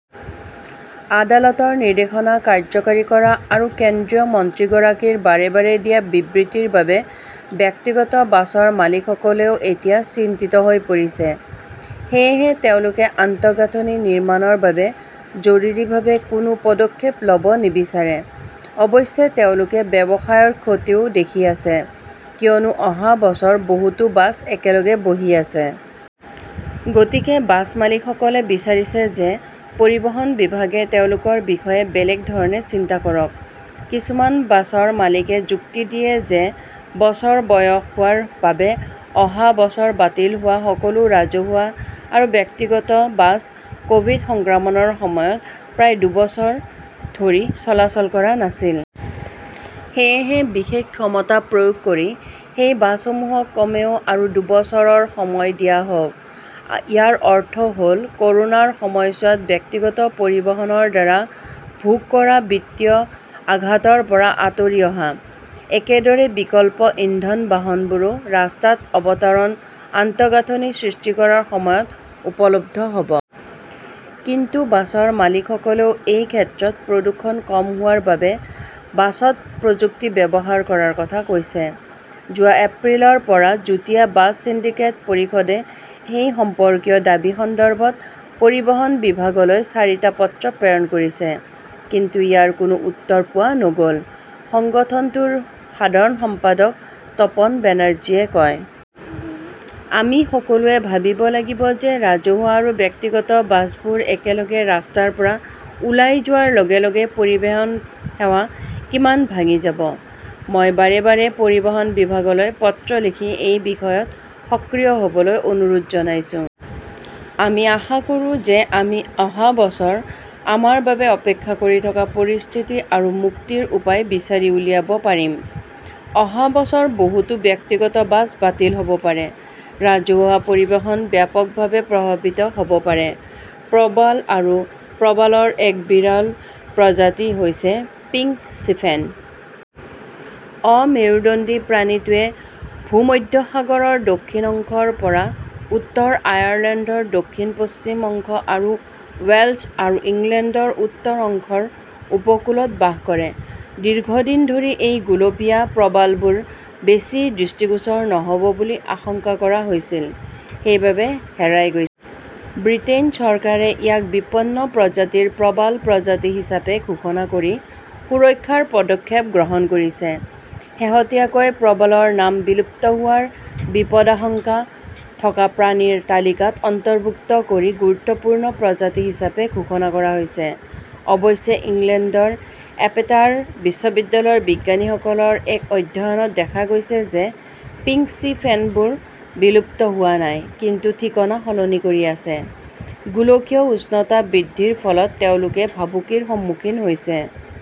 আদালতৰ নিৰ্দেশনা কাৰ্যকৰী কৰা আৰু কেন্দ্ৰীয় মন্ত্ৰীগৰাকীৰ বাৰে বাৰে দিয়া বিবৃতিৰ বাবে ব্যক্তিগত বাছৰ মালিকসকলেও এতিয়া চিন্তিত হৈ পৰিছে। সেয়েহে তেওঁলোকে আন্তঃগাঁথনি নিৰ্মাণৰ পূৰ্বে জৰুৰীভাৱে কোনো পদক্ষেপ ল "ব নিবিচাৰে। অৱশ্যে, তেওঁলোকে ব্যৱসায়ৰ ক্ষতিও দেখি আছে কিয়নো অহা বছৰ বহুতো বাছ একেলগে বহি আছে। গতিকে বাছ মালিকসকলে বিচাৰিছে যে পৰিবহণ বিভাগে তেওঁলোকৰ বিষয়ে বেলেগ ধৰণে চিন্তা কৰক। কিছুমান বাছৰ মালিকে যুক্তি দিয়ে যে বছৰ বয়স হোৱাৰ বাবে অহা বছৰ বাতিল হোৱা সকলো ৰাজহুৱা আৰু ব্যক্তিগত বাছ ক "ভিড সংক্ৰমণৰ সময়ত প্ৰায় দুবছৰ ধৰি চলাচল কৰা নাছিল। সেয়েহে বিশেষ ক্ষমতা প্ৰয়োগ কৰি সেই বাছসমূহক কমেও আৰু দুবছৰৰ সময় দিয়া হওক। ইয়াৰ অৰ্থ হ "ল ক" ৰোনাৰ সময়ছোৱাত ব্যক্তিগত পৰিবহণৰ দ্বাৰা ভোগ কৰা বিত্তীয় আঘাতৰ পৰা আঁতৰি অহা। একেদৰে, বিকল্প ইন্ধন বাহনবোৰ ৰাস্তাত অৱতৰণ আন্তঃগাঁথনি সৃষ্টি কৰাৰ সময়ত উপলব্ধ হ 'ব। কিন্তু বাছৰ মালিকসকলেও এই ক্ষেত্ৰত প্ৰদূষণ কম হোৱাৰ বাবে বাছত প্ৰযুক্তি ব্যৱহাৰ কৰাৰ কথা কৈছে। যোৱা এপ্ৰিলৰ পৰা যুটীয়া বাছ সিন্ডিকেট পৰিষদে এই সম্পৰ্কীয় দাবী সন্দৰ্ভত পৰিবহণ বিভাগলৈ চাৰিটা পত্ৰ প্ৰেৰণ কৰিছে। কিন্তু ইয়াৰ কোনো উত্তৰ পোৱা নগ "ল", সংগঠনটোৰ সাধাৰণ সম্পাদক তপন বেনাৰ্জীয়ে কয়। "আমি সকলোৱে ভাবিব লাগিব যে ৰাজহুৱা আৰু ব্যক্তিগত বাছবোৰ একেলগে ৰাস্তাৰ পৰা ওলাই যোৱাৰ লগে লগে পৰিবহণ সেৱা কিমান ভাঙি যাব। মই বাৰে বাৰে পৰিবহণ বিভাগলৈ পত্ৰ লিখি এই বিষয়ত সক্ৰিয় হ "বলৈ অনুৰোধ জনাইছো। আমি আশা কৰোঁ যে আমি অহা বছৰ আমাৰ বাবে অপেক্ষা কৰি থকা পৰিস্থিতিৰ পৰা মুক্তিৰ উপায় বিচাৰি উলিয়াব পাৰিম। "। অহা বছৰ বহুতো ব্যক্তিগত বাছ বাতিল হ 'ব পাৰে, ৰাজহুৱা পৰিবহণ ব্যাপকভাৱে প্ৰভাৱিত হ' ব পাৰে প্ৰবাল বা প্ৰবালৰ এক বিৰল প্ৰজাতি হৈছে পিংক চি ফেন। অমেৰুদণ্ডী প্ৰাণীটোৱে ভূমধ্যসাগৰৰ দক্ষিণ অংশৰ পৰা উত্তৰ আয়াৰলেণ্ডৰ দক্ষিণ-পশ্চিম অংশ আৰু ৱেলছ আৰু ইংলেণ্ডৰ উত্তৰ অংশৰ উপকূলত বাস কৰে। দীৰ্ঘদিন ধৰি এই গুলপীয়া প্ৰবালবোৰ বেছি দৃষ্টিগোচৰ নহ "ব বুলি আশংকা কৰা হৈছিল; সেইবোৰ হেৰাই গৈছে। ব্ৰিটেইন চৰকাৰে ইয়াক বিপন্ন প্ৰজাতিৰ প্ৰবাল প্ৰজাতি হিচাপে ঘোষণা কৰি সুৰক্ষাৰ পদক্ষেপ গ্ৰহণ কৰিছে, শেহতীয়াকৈ প্ৰবালৰ নাম বিলুপ্ত হোৱাৰ বিপদাশংকা থকা প্ৰাণীৰ তালিকাত অন্তৰ্ভুক্ত কৰি গুৰুত্বপূৰ্ণ প্ৰজাতি হিচাপে ঘোষণা কৰা হৈছে। অৱশ্যে, ইংলেণ্ডৰ এপেটাৰ বিশ্ববিদ্যালয়ৰ বিজ্ঞানীসকলৰ এক অধ্যয়নত দেখা গৈছে যে পিংক চি ফেনবোৰ বিলুপ্ত হোৱা নাই, কিন্তু ঠিকনা সলনি কৰি আছে। গোলকীয় উষ্ণতা বৃদ্ধিৰ ফলত তেওঁলোকে ভাবুকিৰ সন্মুখীন হৈছে,